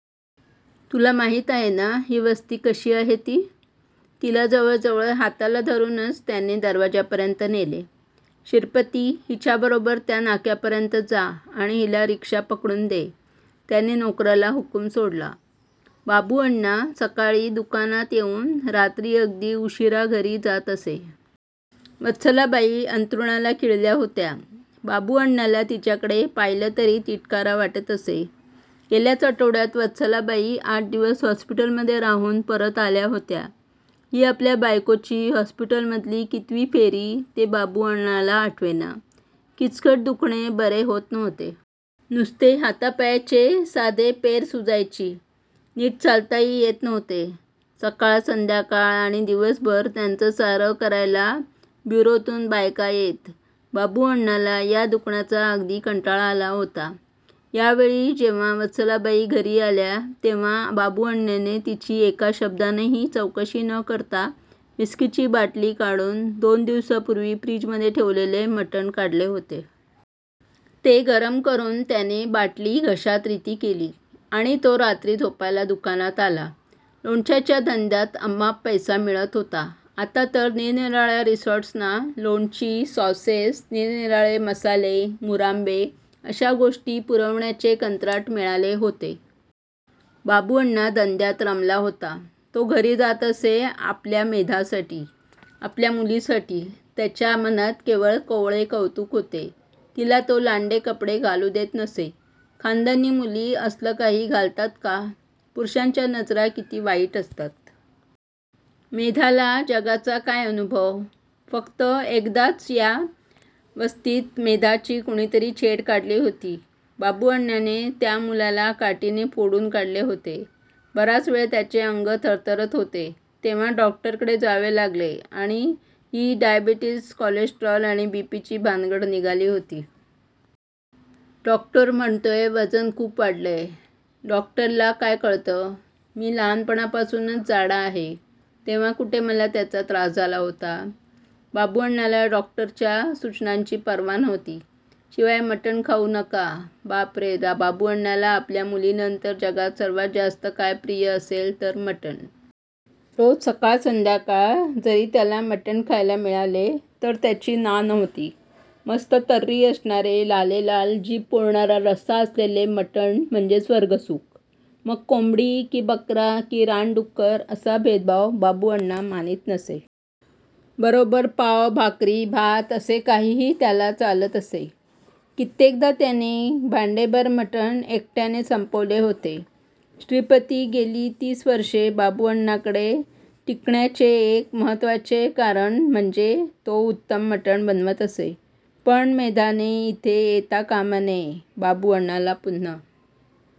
तुला माहीत आहे ना ही वस्ती कशी आहे ती? " तिला जवळजवळ हाताला धरूनच त्याने दरवाजापर्यंत नेले. "शिरपती हीच्या बरोबर त्या नाक्यापर्यंत जा आणि हिला रिक्शा पकडून दे" त्याने नोकराला हुकूम सोडला. बाबुअण्णा सकाळी दुकानात येऊन रात्री अगदी उशीरा घरी जात असे. वत्सलाबाई अंथरुणाला खिळल्या होत्या. बाबुअण्णाला तिच्याकडे पाहिले तरी तिटकारा वाटत असे. गेल्याच आठवड्यात वत्सलाबाई आठ दिवस हॉस्पिटलमध्ये राहून परत आल्या होत्या. ही आपल्या बायकोची हॉस्पिटलमधली कितवी फेरी ते बाबुअण्णाला आठवेना. किचकट दुखणे बरे होत नव्हते. नुसते हातापायाचे सांधे पेरं सुजायची. नीट चालताही येत नव्हते. सकाळ, संध्याकाळ आणि दिवसभर त्यांचं सारं करायला ब्युरोतून बायका येत. बाबुअण्णाला या दुखण्याचा अगदी कंटाळा आला होता. यावेळी जेव्हा वत्सलाबाई घरी आल्या तेव्हा बाबुअण्णाने तिची एका शब्दानेही चौकशी न करता व्हिस्कीची बाटली काढून दोन दिवसापूर्वी फ्रिजमध्ये ठेवलेले मटण काढले होते. ते गरम करून त्याने बाटली घशात रिती केली आणि तो रात्री झोपायला दुकानात आला. लोणच्याच्या धंद्यात अमाप पैसा मिळत होता. आता तर निरनिराळ्या रिसॉर्टसना लोणची, सॉसेस, निरनिराळे मसाले, मुरांबे अशा गोष्टी पुरवण्याचे कंत्राट मिळाले होते. बाबुअण्णा धंद्यात रमला होता. तो घरी जात असे आपल्या मेधासाठी. आपल्या मुलीसाठी त्याच्या मनात केवळ कोवळे कौतुक होते. तिला तो लांडे कपडे घालु देत नसे. खानदानी मुली असलं काही घालतात का? पुरुषांच्या नजरा किती वाईट असतात. मेधाला जगाचा काय अनुभव? फक्त एकदाच या वस्तीत मेधाची कुणीतरी छेड काढली होती. बाबुअण्णाने त्या मुलाला काठीने फोडून काढले होते. बराच वेळ त्याचे अंग थरथरत होते. तेव्हा डॉक्टरकडे जावे लागले आणि ही डायबेटीज, कॉलेस्टेरॉल आणि बीपी ची भानगड निघाली होती. डॉक्टर म्हणतोय वजन खूप वाढलंय. डॉक्टरला काय कळतं? मी लहानपणापासूनच जाडा आहे. तेव्हा कुठे मला त्याचा त्रास झाला होता? बाबुअण्णाला डॉक्टरच्या सुचनांची पर्वा नव्हती. शिवाय मटण खाऊ नका? बापरे, बाबुअण्णाला आपल्या मुलीनंतर जगात सर्वात जास्त काय प्रिय असेल तर मटण. रोज सकाळ संध्याकाळ जरी त्याला मटण खायला मिळाले तर त्याची ना नव्हती. मस्त तर्री असणारे लालेलाल, जीभ पोळणारा रस्सा असलेले मटण म्हणजे स्वर्गसुख. मग कोंबडी, की बकरा कि रानडुक्कर असा भेदभाव बाबुअण्णा मानीत नसे. बरोबर पाव, भाकरी, भात असे काहीही त्याला चालत असे. कित्येकदा त्याने भांडेभर मटण एकट्याने संपवले होते. श्रीपती गेली तीस वर्षे बाबुअण्णाकडे टिकण्याचे एक महत्त्वाचे कारण म्हणजे तो उत्तम मटण बनवत असे. पण मेधाने इथे येता कामा नये. बाबुअण्णाला पुन्हा